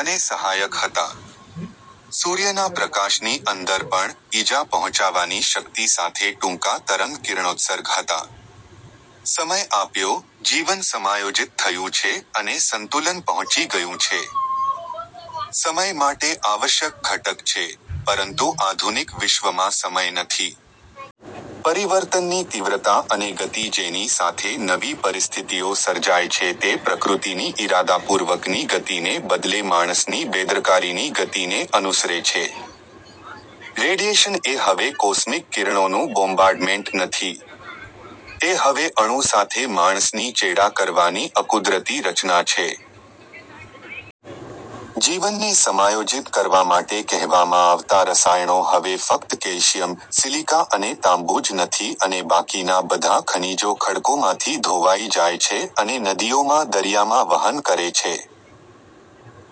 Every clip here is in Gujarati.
અને સહાયક હતા. સૂર્યના પ્રકાશની અંદર પણ, ઇજા પહોંચાવાની શક્તિ સાથે ટૂંકા તરંગ કિરણોત્સર્ગ હતા. સમય આપ્યો, જીવન સમાયોજિત થયું છે અને સંતુલન પહોંચી ગયું છે. સમય માટે આવશ્યક ઘટક છે, પરંતુ આધુનિક વિશ્વમાં સમય નથી. પરિવર્તનની તીવ્રતા અને ગતિ જેની સાથે નવી પરિસ્થિતિઓ સર્જાય છે તે પ્રકૃતિની ઇરાદાપૂર્વકની ગતિને બદલે માણસની બેદરકારીની ગતિને અનુસરે છે. રેડિયેશન એ હવે કોસ્મિક કિરણોનું બોમ્બાર્ડમેન્ટ નથી. તે હવે અણુ સાથે માણસની ચેડા કરવાની અકુદરતી રચના છે. જીવનને સમાયોજીત કરવા માટે કહેવામાં આવતા રસાયણો હવે ફક્ત કેલ્શિયમ, સિલિકા અને તાંબુ જ નથી અને બાકીના બધા ખનિજો ખડકોમાંથી ધોવાઇ જાય છે અને નદીઓમાં દરિયામાં વહન કરે છે.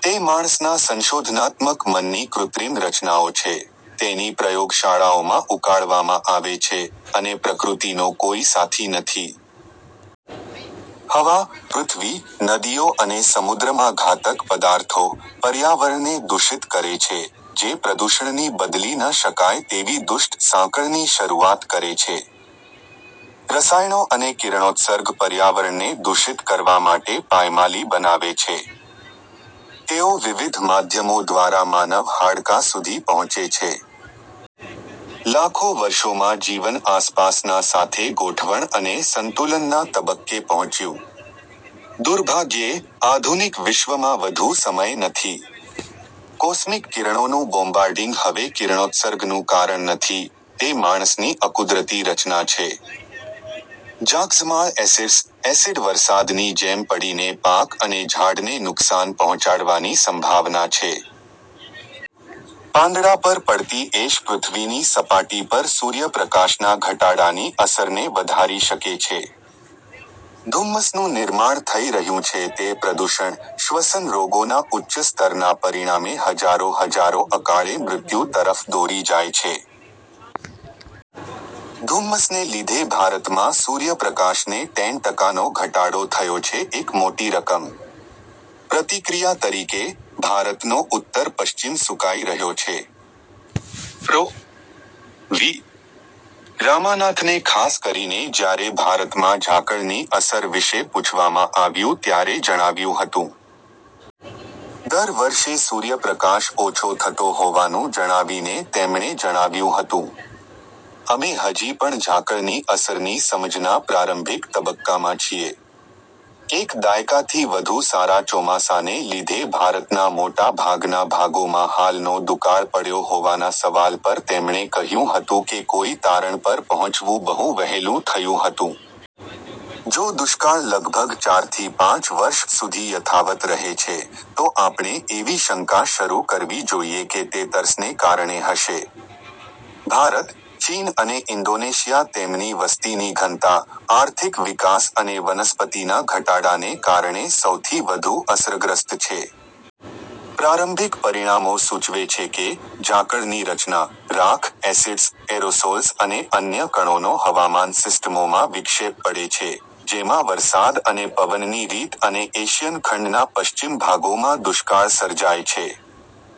તે માણસના સંશોધનાત્મક મનની કૃત્રિમ રચનાઓ છે, તેની પ્રયોગશાળાઓમાં ઉકાળવામાં આવે છે, અને પ્રકૃતિનો કોઈ સાથી નથી. હવા, પૃથ્વી, નદીઓ અને સમુદ્રમાં ઘાતક પદાર્થો, પર્યાવરણને દૂષિત કરે છે, જે પ્રદૂષણની બદલી ન શકાય તેવી દુષ્ટ સાંકળની શરૂઆત કરે છે. રસાયણો અને કિરણોત્સર્ગ પર્યાવરણને દૂષિત કરવા માટે પાયમાલી બનાવે છે. તેઓ વિવિધ માધ્યમો દ્વારા માનવ હાડકાં સુધી પહોંચે છે. લાખો વર્ષોમાં જીવન આસપાસના સાથે ગોઠવણ અને સંતુલનના તબક્કે પહોંચ્યું. દુર્ભાગ્યે, આધુનિક વિશ્વમાં વધુ સમય નથી. કોસ્મિક કિરણોનું બોમ્બાર્ડિંગ હવે કિરણોત્સર્ગનું કારણ નથી, તે માણસની અકુદરતી રચના છે. ઝાકઝમાળ એસિડ્સ, એસિડ વરસાદની જેમ પડીને પાક અને ઝાડને નુકસાન પહોંચાડવાની સંભાવના છે. પાંદડા પર પડતી એશ પૃથ્વીની સપાટી પર સૂર્યપ્રકાશના ઘટાડાની અસરને વધારી શકે છે. ધુમ્મસનું નિર્માણ થઈ રહ્યું છે તે પ્રદૂષણ, શ્વસન રોગોના ઉચ્ચ સ્તરના પરિણામે હજારો હજારો અકાળે મૃત્યુ તરફ દોરી જાય છે. ધુમ્મસને લીધે ભારતમાં સૂર્યપ્રકાશને ટેન ટકાનો ઘટાડો થયો છે એક મોટી રકમ! પ્રતિક્રિયા તરીકે, ભારતનો ઉત્તર પશ્ચિમ સુકાઈ રહ્યો છે. પ્રો. વી. રામાનાથને ખાસ કરીને જ્યારે ભારતમાં ઝાકળની અસર વિશે પૂછવામાં આવ્યું ત્યારે જણાવ્યું હતું. દર વર્ષે સૂર્યપ્રકાશ ઓછો થતો હોવાનું જણાવીને તેમણે જણાવ્યું હતું. અમે હજી પણ ઝાકળની અસરની સમજના પ્રારંભિક તબક્કામાં છીએ. એક દાયકાથી વધુ સારા ચોમાસાને લીધે ભારતના મોટાભાગના ભાગોમાં હાલનો દુકાળ પડ્યો હોવાના સવાલ પર તેમણે કહ્યું હતું કે કોઈ તારણ પર પહોંચવું બહુ વહેલું થયું હતું. જો દુષ્કાળ લગભગ ચારથી પાંચ વર્ષ સુધી યથાવત રહે છે, તો આપણે એવી શંકા શરૂ કરવી જોઈએ કે તે તરસને કારણે હશે. ભારત, ચીન અને ઇન્ડોનેશિયા તેમની વસ્તીની ઘનતા, આર્થિક વિકાસ અને વનસ્પતિના ઘટાડાને કારણે સૌથી વધુ અસરગ્રસ્ત છે. પ્રારંભિક પરિણામો સૂચવે છે કે, ઝાકળની રચના, રાખ, એસિડ્સ, એરોસોલ્સ અને અન્ય કણોનો હવામાન સિસ્ટમોમાં વિક્ષેપ પડે છે, જેમાં વરસાદ અને પવનની રીત અને એશિયન ખંડના પશ્ચિમ ભાગોમાં દુષ્કાળ સર્જાય છે.